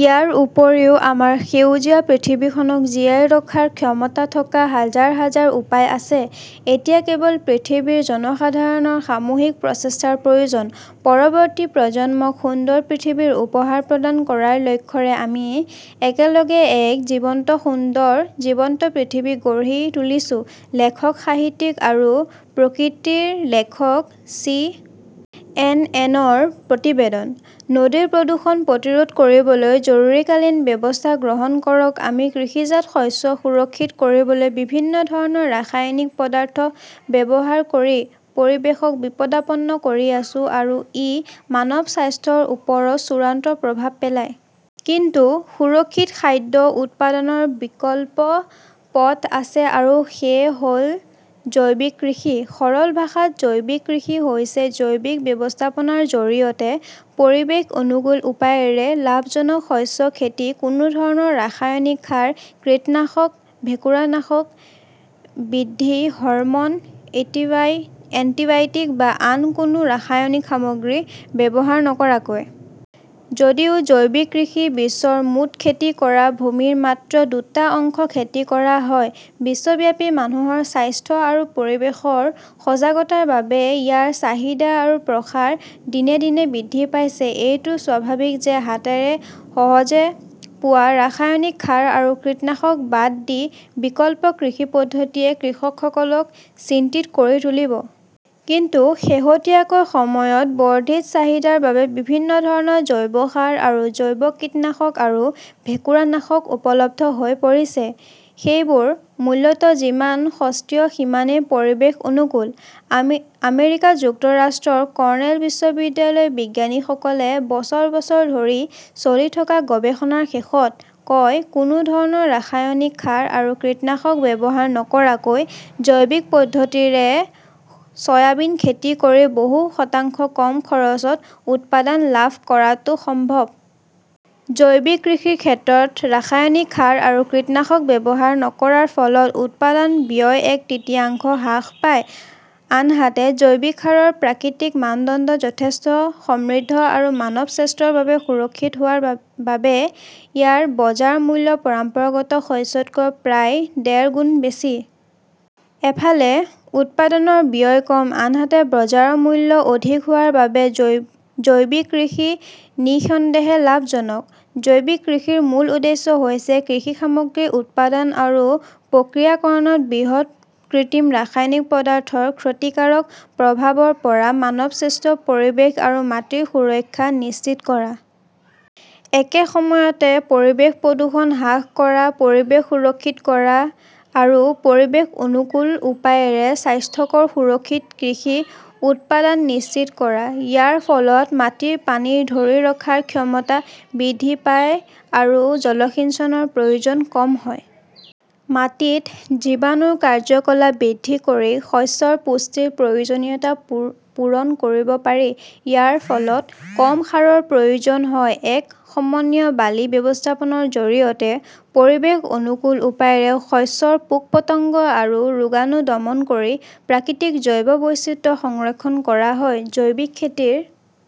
ইয়াৰ উপৰিও আমাৰ সেউজীয়া পৃথিৱীখনক জীয়াই ৰখাৰ ক্ষমতা থকা হাজাৰ হাজাৰ উপায় আছে। এতিয়া কেৱল পৃথিৱীৰ জনসাধাৰণৰ সামূহিক প্ৰচেষ্টাৰ প্ৰয়োজন। পৰৱৰ্তী প্ৰজন্মক সুন্দৰ পৃথিৱীৰ উপহাৰ প্ৰদান কৰাৰ লক্ষ্যৰে আমি একেলগে এক জীৱন্ত সুন্দৰ জীৱন্ত পৃথিৱী গঢ়ি তুলিছো-লেখক, সাহিত্যিক আৰু প্ৰকৃতিৰ লেখক চি. এন. এন. ৰ প্ৰতিবেদন। নদীৰ প্ৰদূষণ প্ৰতিৰোধ কৰিবলৈ জৰুৰীকালীন ব্যৱস্থা গ্ৰহণ কৰক আমি কৃষিজাত শস্য সুৰক্ষিত কৰিবলৈ বিভিন্ন ধৰণৰ ৰাসায়নিক পদাৰ্থ ব্যৱহাৰ কৰি পৰিৱেশক বিপদাপন্ন কৰি আছো। আৰু ই মানৱ স্বাস্থ্যৰ ওপৰত চূড়ান্ত প্ৰভাৱ পেলায়। কিন্তু সুৰক্ষিত খাদ্য উৎপাদনৰ বিকল্প পথ আছে, আৰু সেয়া হ'ল জৈৱিক কৃষি। সৰল ভাষাত জৈৱিক কৃষি হৈছে জৈৱিক ব্যৱস্থাপনাৰ জৰিয়তে পৰিৱেশ অনুকূল উপায়েৰে লাভজনক শস্য খেতি, কোনো ধৰণৰ ৰাসায়নিক সাৰ, কীটনাশক, ভেঁকুৰনাশক, বৃদ্ধি হৰম'ন, এণ্টিবায়'টিক বা আন কোনো ৰাসায়নিক সামগ্ৰী ব্যৱহাৰ নকৰাকৈ। যদিও জৈৱিক কৃষি বিশ্বৰ মুঠ খেতি কৰা ভূমিৰ মাত্ৰ দুটা অংশত খেতি কৰা হয়, বিশ্বব্যাপী মানুহৰ স্বাস্থ্য আৰু পৰিৱেশৰ সজাগতাৰ বাবে ইয়াৰ চাহিদা আৰু প্ৰসাৰ দিনে দিনে বৃদ্ধি পাইছে। এইটো স্বাভাৱিক যে হাতেৰে সহজে পোৱা ৰাসায়নিক সাৰ আৰু কীটনাশক বাদ দি বিকল্প কৃষি পদ্ধতিয়ে কৃষকসকলক চিন্তিত কৰি তুলিব। কিন্তু শেহতীয়া সময়ত বৰ্ধিত চাহিদাৰ বাবে বিভিন্ন ধৰণৰ জৈৱ সাৰ আৰু জৈৱ কীটনাশক আৰু ভেঁকুৰনাশক উপলব্ধ হৈ পৰিছে। সেইবোৰ মূল্যত যিমান সস্তীয়া সিমানেই পৰিৱেশ অনুকূল। আমেৰিকা যুক্তৰাষ্ট্ৰৰ কৰ্ণেল বিশ্ববিদ্যালয়ৰ বিজ্ঞানীসকলে বছৰ বছৰ ধৰি চলি থকা গৱেষণাৰ শেষত কয়-কোনো ধৰণৰ ৰাসায়নিক সাৰ আৰু কীটনাশক ব্যৱহাৰ নকৰাকৈ জৈৱিক পদ্ধতিৰে সয়াবিন খেতি কৰি বহু শতাংশ কম খৰচত উৎপাদন লাভ কৰাটো সম্ভৱ। জৈৱিক কৃষিৰ ক্ষেত্ৰত ৰাসায়নিক সাৰ আৰু কীটনাশক ব্যৱহাৰ নকৰাৰ ফলত উৎপাদন ব্যয় এক তৃতীয়াংশ হ্ৰাস পায়। আনহাতে জৈৱিক শস্যৰ প্ৰাকৃতিক মানদণ্ড যথেষ্ট সমৃদ্ধ আৰু মানৱ স্বাস্থ্যৰ বাবে সুৰক্ষিত হোৱাৰ বাবে ইয়াৰ বজাৰ মূল্য পৰম্পৰাগত শস্যতকৈ প্ৰায় ডেৰ গুণ বেছি। এফালে উৎপাদনৰ ব্যয় কম, আনহাতে বজাৰৰ মূল্য অধিক হোৱাৰ বাবে জৈৱিক কৃষি নিঃসন্দেহে লাভজনক। জৈৱিক কৃষিৰ মূল উদ্দেশ্য হৈছে কৃষি সামগ্ৰী উৎপাদন আৰু প্ৰক্ৰিয়াকৰণত ব্যৱহৃত কৃত্ৰিম ৰাসায়নিক পদাৰ্থৰ ক্ষতিকাৰক প্ৰভাৱৰ পৰা মানৱ স্বাস্থ্য, পৰিৱেশ আৰু মাটিৰ সুৰক্ষা নিশ্চিত কৰা। একে সময়তে, পৰিৱেশ প্ৰদূষণ হ্ৰাস কৰা, পৰিৱেশ সুৰক্ষিত কৰা আৰু পৰিৱেশ অনুকূল উপায়েৰে স্বাস্থ্যকৰ সুৰক্ষিত কৃষি উৎপাদন নিশ্চিত কৰা। ইয়াৰ ফলত মাটিৰ পানী ধৰি ৰখাৰ ক্ষমতা বৃদ্ধি পায় আৰু জলসিঞ্চনৰ প্ৰয়োজন কম হয়। মাটিত জীৱাণুৰ কাৰ্য্যকলাপ বৃদ্ধি কৰি শস্যৰ পুষ্টিৰ প্ৰয়োজনীয়তা পূৰণ কৰিব পাৰি। ইয়াৰ ফলত কম সাৰৰ প্ৰয়োজন হয়। এক সমন্বিত বালি ব্যৱস্থাপনাৰ জৰিয়তে পৰিৱেশ অনুকূল উপায়েৰে শস্যৰ পোক-পতংগ আৰু ৰোগাণু দমন কৰি প্ৰাকৃতিক জৈৱ বৈচিত্ৰ্য সংৰক্ষণ কৰা হয়। জৈৱিক খেতিৰ